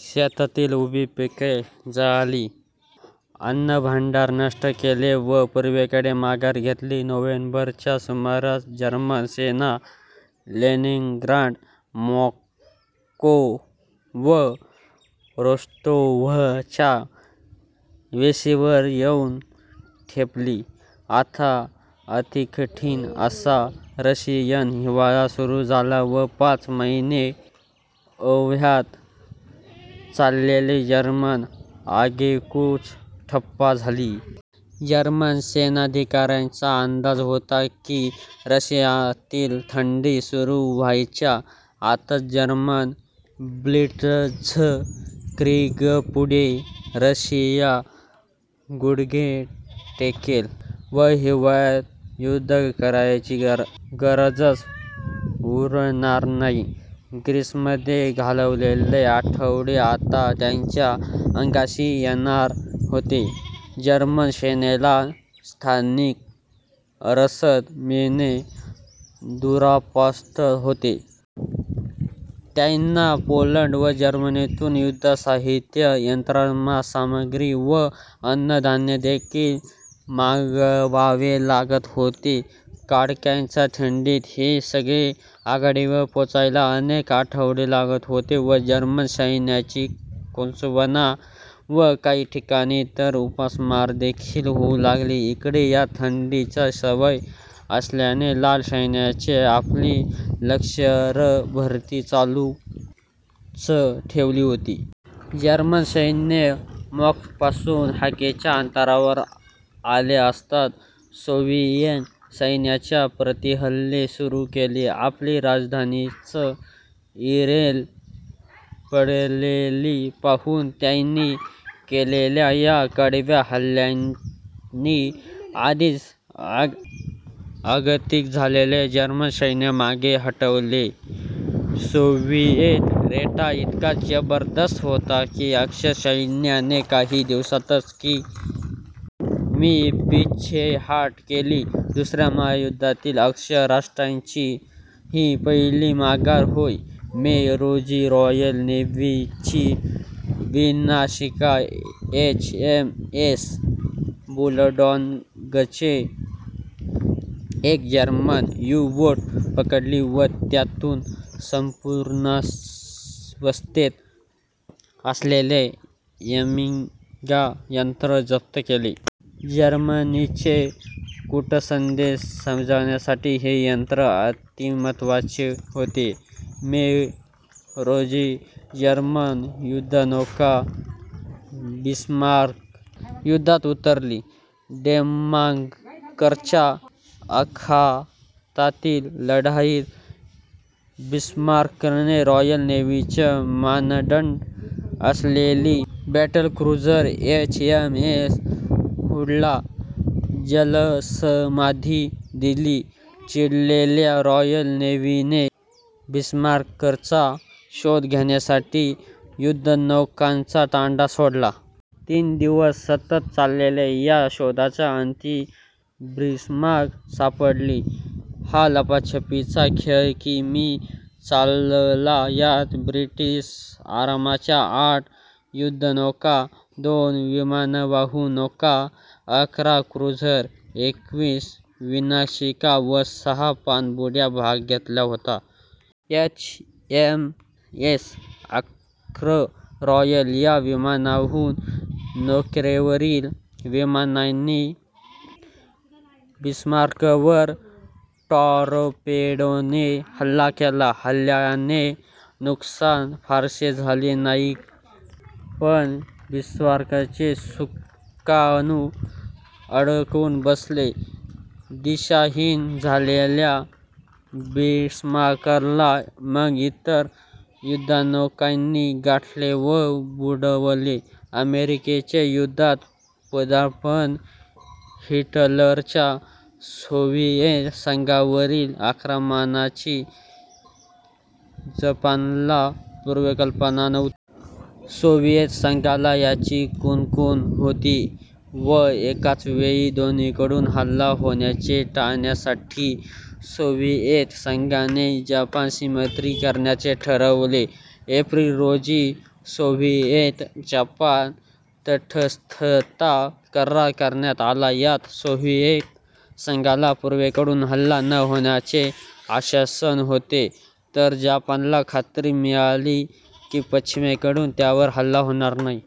शेतातील उभी पिके जाळली, अन्नभांडार नष्ट केले व पूर्वेकडे माघार घेतली. नोव्हेंबर च्या सुमारास जर्मन सेना लेनिनग्राड, मॉस्को व रोस्तोव्हच्या वेशीवर येऊन ठेपली. आता अतिकठीण असा रशियन हिवाळा सुरू झाला व पाच महिने अव्याहत चाललेली जर्मन आगेकूच ठप्प झाली. जर्मन सेनाधिकाऱ्यांचा अंदाज होता की रशियातील थंडी सुरू व्हायच्या आतच जर्मन ब्लिट्झक्रीगपुढे रशिया गुडघे टेकेल व हिवाळ्यात युद्ध करायची गरजच उरणार नाही. ग्रीसमध्ये घालवलेले आठवडे आता त्यांच्या अंगाशी येणार होते. जर्मन सेनेला स्थानिक रसद मिळणे दुरापास्तच होते. त्यांना पोलंड व जर्मनीतून युद्धसाहित्य, यंत्रसामग्री व अन्न-धान्यदेखील मागवावे लागत होते. कडाक्याच्या थंडीत हे सगळे आघाडीवर पोचायला अनेक आठवडे लागत होते व जर्मन सैन्याची कुचंबणा व काही ठिकाणी तर उपासमारदेखील होऊ लागली. इकडे या थंडीची सवय असलेल्या लाल सैन्याने आपली लश्करभरती चालूच ठेवली होती. जर्मन सैन्य मॉस्कोपासून हाकेच्या अंतरावर आले असता सोव्हिएत सैन्याने प्रतिहल्ले सुरू केले. आपली राजधानीच इरेला पडलेली पाहून त्यांनी केलेल्या या कडव्या हल्ल्यांनी आधीच अगतिक झालेले जर्मन सैन्य मागे हटले. सोव्हिएत रेटा इतका जबरदस्त होता की अक्ष सैन्याने काही दिवसातच - कि. मी. पीछेहाट केली. दुसऱ्या महायुद्धातील अक्ष राष्ट्रांची ही पहिली माघार होय. मे, रोजी रॉयल नेव्हीची विनाशिका एच. एम. एस. बुलडॉगने एक जर्मन यू-बोट पकडली व त्यातून संपूर्णावस्थेत असलेले एनिग्मा यंत्र जप्त केले. जर्मनीचे कूटसंदेश समजण्यासाठी हे यंत्र अतिमहत्त्वाचे होते. मे रोजी जर्मन युद्धनौका बिस्मार्क युद्धात उतरली. डेन्मार्कच्या अखातातील लढाईत बिस्मार्कने रॉयल नेव्हीचा मानदंड असलेली बॅटलक्रुझर एच. एम. एस. हूडला जलसमाधी दिली. चिडलेल्या रॉयल नेव्हीने बिस्मार्कचा शोध घेण्यासाठी युद्धनौकांचा तांडा सोडला. तीन दिवस सतत चाललेल्या या शोधाच्या अंती बिस्मार्क सापडली. हा लपाछपीचा खेळ कि. मी. चालला. यात ब्रिटिश आरमाराच्या आठ युद्धनौका, दोन विमानवाहू नौका, अकरा क्रुझर, एकवीस विनाशिका व सहा पाणबुड्यांनी भाग घेतला होता. H. M. S. Ark Royal या विमानवाहू नौकेवरील विमानांनी बिस्मार्कवर टॉरपेडोने हल्ला केला. हल्ल्याने नुकसान फारसे झाले नाही पण बिस्मार्कचे सुकाणू अडकून बसले. दिशाहीन झालेल्या बिस्मार्कला मग इतर युद्धनौकांनी गाठले व बुडवले. अमेरिकेचे युद्धात पदार्पण हिटलरच्या सोव्हिएत संघावरील आक्रमणाची जपानला पूर्वकल्पना नव्हती. सोव्हिएत संघाला याची कुणकुण होती व एकाचवेळी दोन्हीकडून हल्ला होण्याचे टाळण्यासाठी सोव्हिएत संघाने जपानशी मैत्री करण्याचे ठरवले. एप्रिल, रोजी सोव्हिएत-जपान तटस्थता करार करण्यात आला. यात सोव्हिएत संघाला पूर्वेकडून हल्ला न होण्याचे आश्वासन होते तर जपानला खात्री मिळाली की पश्चिमेकडून त्यांच्यावर हल्ला होणार नाही.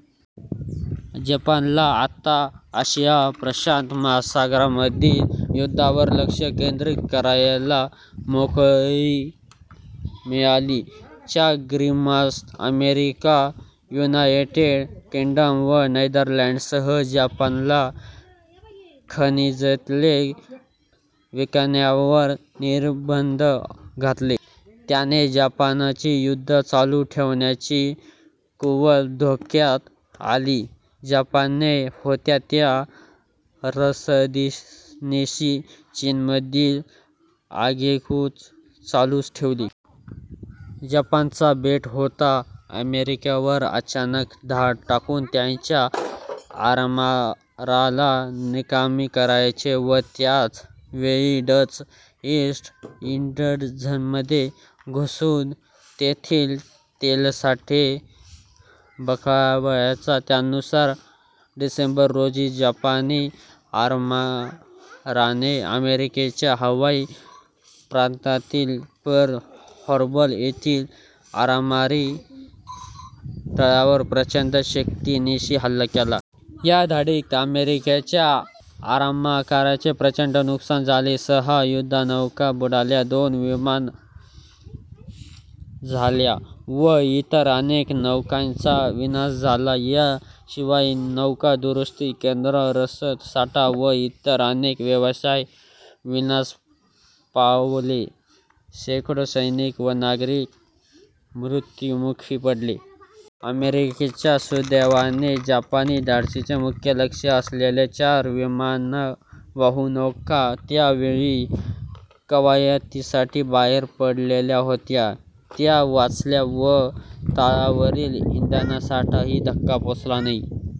जपानला आता आशिया-प्रशांत महासागरामधील युद्धावर लक्ष केंद्रित करायला मोकळीक मिळाली. च्या ग्रीष्मात अमेरिका, युनायटेड किंग्डम व नेदरलँड्सने जपानला खनिजतेल विकण्यावर निर्बंध घातले. याने जपानची युद्ध चालू ठेवण्याची कुवत धोक्यात आली. जपानने होत्या त्या रसदीनिशी चीनमधील आगेकूच चालूच ठेवली. जपानचा बेत होता अमेरिकेवर अचानक धाड टाकून त्यांच्या आरमाराला निकामी करायचे व त्याच वेळी डच ईस्ट ईंडीझमध्ये घुसून तेथील तेलसाठे बळकावायचा. त्यानुसार डिसेंबर, रोजी जपानी आरमाराने अमेरिकेच्या हवाई प्रांतातील पर्ल हार्बर येथील आरमारी तळावर प्रचंड शक्तीनिशी हल्ला केला. या धाडीत अमेरिकेच्या आरमाराचे प्रचंड नुकसान झाले. सहा युद्धनौका बुडाल्या, दोन निकामी झाल्या व इतर अनेक नौकांचा विनाश झाला. या शिवाय नौका-दुरूस्ती केंद्र, रसद साठा व इतर अनेक व्यवसाय विनाश पावले. शेकडो सैनिक व नागरिक मृत्युमुखी पडले. अमेरिकेच्या सुदैवाने जपानी धाडीचे मुख्य लक्ष्य असलेल्या चार विमानवाहू नौका त्या वेळी कवायतींसाठी बाहेर पडलेल्या होत्या त्या वाचल्या व तळावरील इंधनसाठ्यालाही धक्का पोचला नाही.